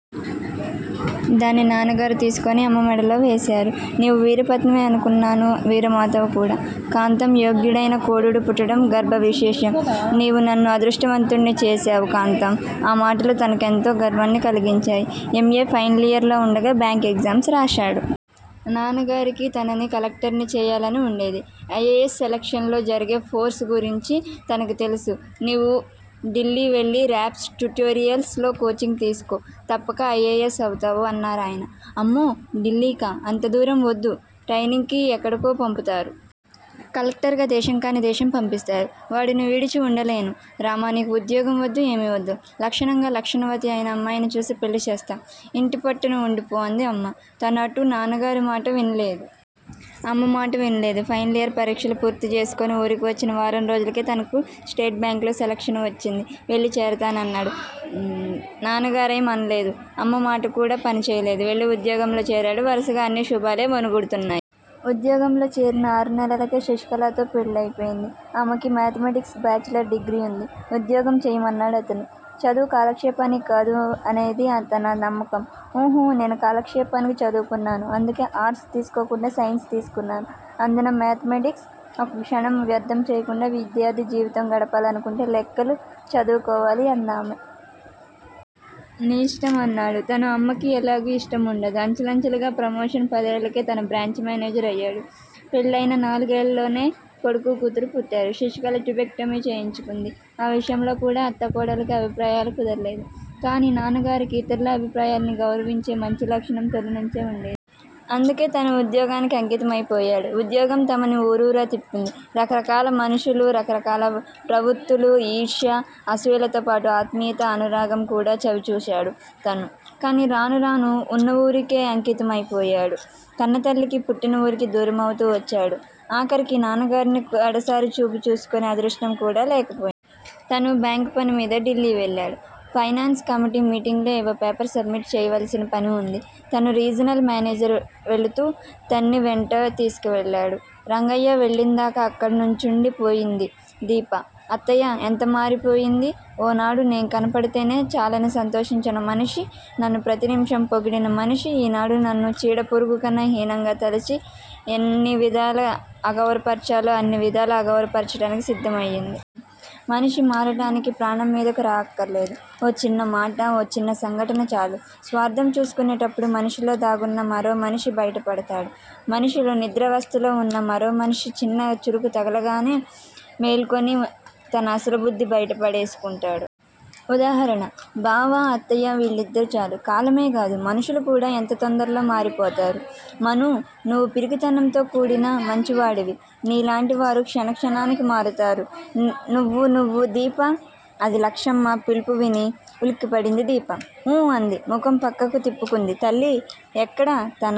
దాన్ని నాన్నగారు తీసుకుని అమ్మ మెడలో వేశారు! నీవు వీరపత్నివే అనుకొన్నాను వీరమాతావు కూడా! కాంతం! యోగ్యుడైన కొడుడు పుట్టటం గర్భ విశేషం నువు నన్ను అదృష్టవంతుడిని చేశావు కాంతం ఆ మాటలు తనకు ఎంతో గర్వాన్ని కలిగించాయి. ఎంఏ ఫైనలియర్ లో వుండగా బ్యాంక్ ఎగ్జామ్స్ రాశాడు! నాన్నగారికి తనని కలెక్టర్ని చేయాలని వుండేది. ఐ. ఏ. యస్. సెలక్షన్స్ లో జరిగే ఫార్సు గురించి తనకి తెలుసు నువు డిల్లి వెళ్ళు రాప్స్ ట్యుటోరియల్స్ లో కోచింగ్ తీసుకో తప్పక ఐ. ఏ. యస్. అవుతావు అన్నారాయన. అమ్మో! డిల్లికా! అంతదూరం వద్దు, ట్రైనింగ్ కి ఎక్కడికో పంపుతారు. కలెక్టర్ గా దేశం కానీ దేశం పంపిస్తారు. వాడిని విడిచి వుండలేను. రామా! నీకు ఉద్యోగం వద్దు ఏమి వద్దు లక్షణంగా లక్షణవతి అయిన అమ్మాయిని చూసి పెళ్ళి చేస్తాం. ఇంటి పట్టున వుండిపో అంది అమ్మ. తను అటూ నాన్న గారి మాట వినలేదు. అమ్మ మాట వినలేదు. ఫైనలియర్ పరిక్షలు పూర్తి చేసుకుని ఊరికి వచ్చిన వారం రోజులకే తనకు స్టేట్ బ్యాంక్ లో సెలక్షన్ వచ్చింది. వెళ్ళి చేరతానన్నాడు. నాన్నగారేం అనలేదు. అమ్మ మాట కూడా పని చేయలేదు. వెళ్ళి ఉద్యోగంలో చేరాడు వరుసగా అన్ని శుభాలే ఒనగుడుతున్నాయి. ఉద్యోగంలో చేరిన ఆరు నేలలకే శశికళ తో పెళ్ళయిపోయింది. ఆమెకి మేధామేటిక్స్ బాచిలర్ డిగ్రి ఉంది. ఉద్యోగం చేయమన్నాడతను, చదువు కాలక్షేపానికి కాదు అనేది తన నమ్మకం. ఉహూ! నేను కాలక్షేపానికి చదువుకున్నాను అందుకే అర్స్ తీసుకోకుండా సైన్స్ తీసుకున్నాను. అందునా మేధామేటిక్స్. ఒక్క క్షణం వ్యర్ధం చెయ్యకుండా విద్యార్ధి జీవితం గడపాలనుకుంటే లెక్కలు చదువుకోవాలి అందామె. నీ ఇష్టం! అన్నాడు తను అమ్మకి ఎలాగూ ఇష్టం వుండదు. అంచెలంచెలుగా ప్రమోషన్ పదేళ్ళకే తను బ్రాంచి మేనేజర్ అయ్యాడు. పెళ్ళయిన నాలుగేళ్ళలోనే కొడుకు కూతురు పుట్టారు. శశికళ ట్యుబేక్టమి చేయించుకుంది. ఆ విషయంలో కూడా అత్తా కోడళ్ళకి అభిప్రాయాలు కుదరలేదు. కానీ నాన్నగారికి ఇతర్ల అభిప్రాయాలని గౌరవించే మంచి లక్షణం తొలి నుంచే వుంది. అందుకే తను ఉద్యోగానికి అంకితమై పోయాడు. ఉద్యోగం తమని ఊరూరా తిప్పింది. రకరకాల మనుషులు. రకరకాల ప్రవృత్తులు ఈర్ష్య, అసుయలతో పాటు ఆత్మీయత, అనురాగం కూడా చవి చూశాడు తను. కానీ రాను రానూ వున్నురికే అంకితమైపోయాడు. కన్నతల్లికి పుట్టిన ఊరికి దూరమవుతూ వచ్చాడు. ఆఖరికి నాన్నగారిని కడసారి చూపు చూసుకునే అదృష్టం కూడా లేకపోయింది. తను బ్యాంక్ పని మీద డిల్లి వెళ్ళాడు. పైనాన్స్ కమిటి మీటింగ్ లో ఏవో పేపర్స్ సబ్మిట్ చేయవలసిన పని వుంది. తన రీజనల్ మేనేజర్ వెళుతూ తన్ని వెంట తీసుకెళ్ళాడు. రంగయ్య వెళ్ళిందాకా అక్కడే నుంచుండి పోయింది దీప. అత్తయ్య ఎంత మారిపోయింది. ఓనాడు నే కనపడితేనే చాలని సంతోషించిన మనిషి నన్ను ప్రతి నిమిషం పొగిడిన మనిషి ఈనాడు నన్ను చీడ పురుగుకన్నా హీనంగా తలచి ఎన్ని విధాల అగౌరపర్చాలో అన్ని విధాలా అగౌర పర్చటానికి సిద్ధం అయింది. మనిషి మారటానికి ప్రాణం మీదకు రా అక్కరలేదు. ఓ చిన్నమాట, ఓ చిన్న సంఘటన చాలు. స్వార్ధం చూసుకునేటప్పుడు మనిషిలో దాగున్న మరో మనిషి బైట పడతాడు. మనిషిలో నిద్రావస్తలో వున్న మరో మనిషి చిన్న చురుకు తగలంగానే మేల్కొని తన అసలు బుద్ధి బైట పడేసుకుంటాడు. ఉదాహరణ బావ, అత్తయ్య వీళ్ళిద్దరూ చాలు. కాలమే గాదు మనుషులు కూడా ఎంత తొందరలో మారిపోతారు. మనూ! నువ్వు పిరికితనంతో కూడిన మంచివాడివి. నీలాంటి వారు క్షణక్షణానికి మారుతారు. నువ్వు నువ్వు దీపా! ఆది లక్ష్మమ్మ పిలుపువిని ఉలిక్కిపడింది దీప. ఊ అంది ముఖం పక్కకు తిప్పుకుంది. తల్లి ఎక్కడ తన